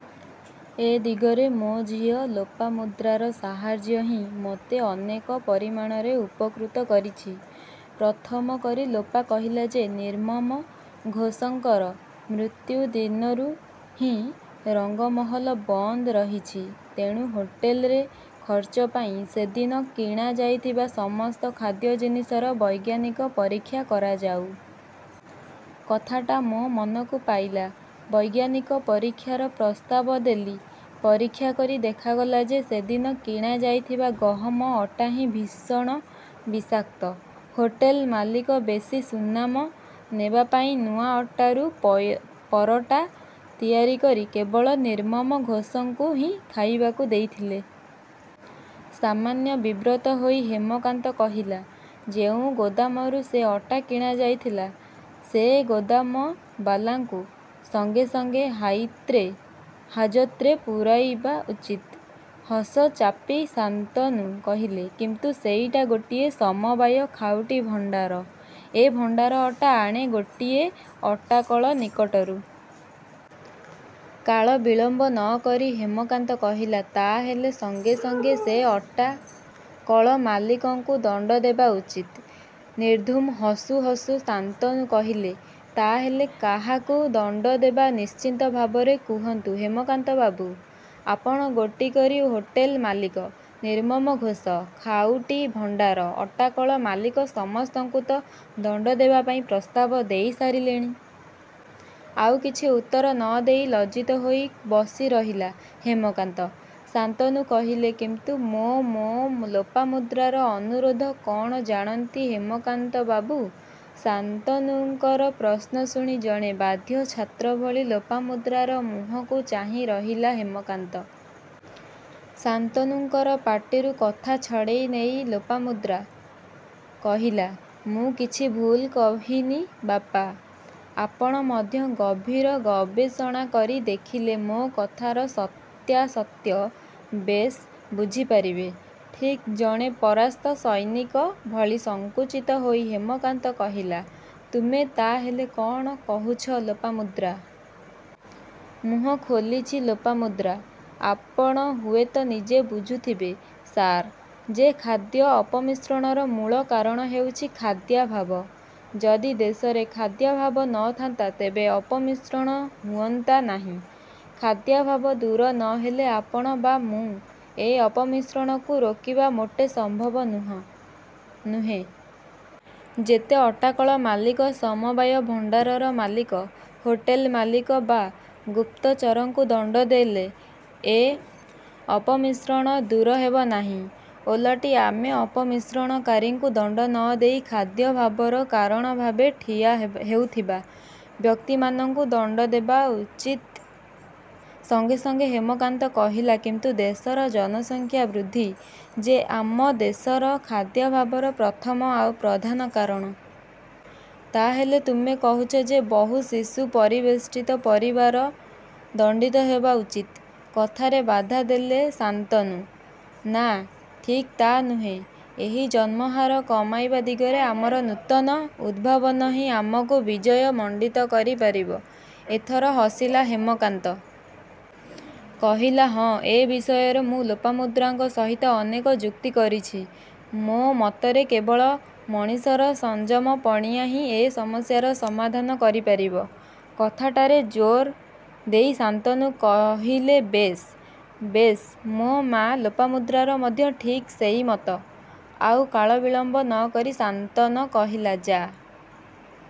ଏ ଦିଗରେ ମୋ ଝିଅ ଲୋପାମୁଦ୍ରାର ସାହାର୍ଯ୍ୟ ହିଁ ,ମୋତେ ଅନେକ ପରିମାଣରେ ଉପକୃତ କରିଛି। ପ୍ରଥମ କରି ଲୋପା କହିଲା ଯେ ନିର୍ମମ ଘୋଷଙ୍କର ମୃତ୍ୟୁ ଦିନରୁ ହିଁ, ରଙ୍ଗମହଲ ବନ୍ଦ୍ ରହିଛି। ତେଣୁ ହୋଟେଲରେ ଖର୍ଚ୍ଚପାଇଁ ସେଦିନ କିଣା ଯାଇଥିବା ସମସ୍ତ ଖାଦ୍ୟ ଜିନିଷର ବୈଜ୍ଞାନିକ ପରୀକ୍ଷା କରାଯାଉ। କଥାଟା ମୋ ମନକୁ ପାଇଲା। ବୈଜ୍ଞାନିକ ପରୀକ୍ଷାର ପ୍ରସ୍ତାବ ଦେଲି। ପରୀକ୍ଷା କରି ଦେଖାଗଲା ଯେ ସେଦିନ କିଣା ଯାଇଥିବା ଗହମ ଅଟା ହିଁ ଭୀଷଣ ବିଷାକ୍ତ। ହୋଟେଲ ମାଲିକ ବେଶୀ ସୁନାମ ନେବାପାଇଁ ନୂଆ ଅଟାରୁ ପରଟ୍ଟା ତିଆରି କରି କେବଳ ନିର୍ମମ ଘୋଷଙ୍କୁ ହିଁ ଖାଇବାକୁ ଦେଇଥିଲେ। ସାମାନ୍ୟ ବିବ୍ରତ ହୋଇ ହେମକାନ୍ତ କହିଲା "ଯେଉଁ ଗୋଦାମରୁ ସେ ଅଟା କିଣା ଯାଇଥିଲା, ସେ ଗୋଦାମବାଲାକୁ ସଙ୍ଗେ ସଙ୍ଗେ ହାଜତ୍ରେ ପୂରାଇବା ଉଚିତ। ହସ ଚାପି ଶାନ୍ତନୁ କହିଲେ କିନ୍ତୁ ସେଇଟା ଗୋଟିଏ ସମବାୟ ଖାଉଟି ଭଣ୍ଡାର। ଏ ଭଣ୍ଡାର ଅଟା ଆଣେ ଗୋଟିଏ ଅଟାକଳ ନିକଟରୁ। କାଳବିଳମ୍ବ ନ କରି ହେମକାନ୍ତ କହିଲା, ତା' ହେଲେ ସଙ୍ଗେ ସଙ୍ଗେ ସେ ଅଟାକଳ ମାଲିକଙ୍କୁ ଦଣ୍ଡଦେବା ଉଚିତ। ନିର୍ଧୂମ ହସୁ ହସୁ ଶାନ୍ତନୁ କହିଲେ, ତା'ହେଲେ କାହାକୁ ଦଣ୍ଡଦେବା ନିଶ୍ଚିତ ଭାବରେ କୁହନ୍ତୁ ହେମକାନ୍ତ ବାବୁ। ଆପଣ ଗୋଟି କରି ହୋଟେଲ ମାଲିକ, ନିର୍ମମ ଘୋଷ, ଖାଉଟି ଭଣ୍ଡାର, ଅଟାକଳ ମାଲିକ ସମସ୍ତଙ୍କୁ ତ' ଦଣ୍ଡଦେବା ପାଇଁ ପ୍ରସ୍ତାବ ଦେଇ ସାରିଲେଣି। ଆଉ କିଛି ଉତ୍ତର ନ ଦେଇ ଲଜ୍ଜିତ ହୋଇ ବସି ରହିଲା ହେମକାନ୍ତ। ଶାନ୍ତନୁ କହିଲେ କିନ୍ତୁ ମୋ ମୋ ଲୋପାମୁଦ୍ରାର ଅନୁରୋଧ କ'ଣ ଜାଣନ୍ତି ହେମକାନ୍ତ ବାବୁ? ଶାନ୍ତନୁଙ୍କର ପ୍ରଶ୍ନ ଶୁଣି ଜଣେ ବାଧ୍ୟ ଛାତ୍ର ଭଳି ଲୋପାମୁଦ୍ରାର ମୁହଁକୁ ଚାହିଁ ରହିଲା ହେମକାନ୍ତ। ଶାନ୍ତନୁଙ୍କର ପାଟିରୁ କଥା ଛଡ଼େଇ ନେଇ ଲୋପାମୁଦ୍ରା। କହିଲା "ମୁଁ କିଛି ଭୁଲ୍ କହିନି ବାପା, ଆପଣ ମଧ୍ୟ ଗଭୀର ଗବେଷଣା କରି ଦେଖିଲେ ମୋ କଥାର ସତ୍ୟାସତ୍ୟ ବେଶ ବୁଝି ପାରିବେ। ଠିକ୍ ଜଣେ ପରାସ୍ତ ସୈନିକ ଭଳି ସଂକୁଚିତ ହୋଇ ହେମକାନ୍ତ କହିଲା ,ତୁମେ ତା' ହେଲେ କ'ଣ କହୁଛ ଲୋପାମୁଦ୍ରା? ମୁହଁ ଖୋଲିଛି ଲୋପାମୁଦ୍ରା। ''ଆପଣ ହୁଏତ ନିଜେ ବୁଝୁଥିବେ ସାର୍, ଯେ ଖାଦ୍ୟ ଅପମିଶ୍ରଣର ମୂଳ କାରଣ ହେଉଛି ଖାଦ୍ୟାଭାବ। ଯଦି ଦେଶରେ ଖାଦ୍ୟାଭାବ ନ ଥାନ୍ତା ତେବେ ଅପମିଶ୍ରଣ ହୁଅନ୍ତା ନାହିଁ। ଖାଦ୍ୟାଭାବ ଦୂର ନ ହେଲେ ଆପଣ ବା ମୁଁ ଏ ଅପମିଶ୍ରଣକୁ ରୋକିବା ମୋଟେ ସମ୍ଭବ ନୁହେଁ। ଯେତେ ଅଟାକଳ ମାଲିକ, ସମବାୟ ଭଣ୍ଡାରର ମାଲିକ, ହୋଟେଲ ମାଲିକ ବା ଗୁପ୍ତଚରଙ୍କୁ ଦଣ୍ଡ ଦେଲେ ଏ ଅପମିଶ୍ରଣ ଦୂର ହେବନାହିଁ। ଓଲଟି ଆମେ ଅପମିଶ୍ରଣକାରୀଙ୍କୁ ଦଣ୍ତ ନ ଦେଇ ଖାଦ୍ୟଭାବର କାରଣଭାବେ ଠିଆ ହେଉଥିବା ବ୍ୟକ୍ତିମାନଙ୍କୁ ଦଣ୍ଡ ଦେବା ଉଚିତ। ସଙ୍ଗେ ସଙ୍ଗେ ହେମକାନ୍ତ କହିଲାକିନ୍ତୁ ଦେଶର ଜନସଂଖ୍ୟା ବୃଦ୍ଧି ଯେ ଆମ ଦେଶର ଖାଦ୍ୟାଭାବର ପ୍ରଥମ ଆଉ ପ୍ରଧାନ କାରଣ। ତା'ହେଲେ ତୁମେ କହୁଛ ଯେ ବହୁ ଶିଶୁ ପରିବେଷ୍ଟିତ ପରିବାର ଦଣ୍ଡିତ ହେବା ଉଚିତ। କଥାରେ ବାଧା ଦେଲେ ଶାନ୍ତନୁ ''ନାଁ ଠିକ୍ ତା' ନୁହେଁ, ଏହି ଜନ୍ମହାର କମାଇବା ଦିଗରେ ଆମର ନୂତନ ଉଦ୍ଭାବନ ହିଁ ଆମକୁ ବିଜୟ ମଣ୍ଡିତ କରି ପାରିବ। ଏଥର ହସିଲା ହେମକାନ୍ତ। କହିଲା ,ହଁ ଏ ବିଷୟରେ ମୁଁ ଲୋପାମୁଦ୍ରାଙ୍କ ସହିତ ଅନେକ ଯୁକ୍ତି କରିଛି। ମୋ ମତରେ କେବଳ ମଣିଷର ସଂଯମ ପଣିଆଁ ହିଁ ଏ ସମସ୍ୟାର ସମାଧାନ କରି ପାରିବ। କଥାଟାରେ ଜୋର ଦେଇ ଶାନ୍ତନୁ କହିଲେବେଶ୍ ବେଶ ମୋ ମାଆ ଲୋପାମୁଦ୍ରାର ମଧ୍ୟ ଠିକ୍ ସେହି ମତ। ଆଉ କାଳବିଳମ୍ବ ନ କରି ଶାନ୍ତନ କହିଲେ ଯା |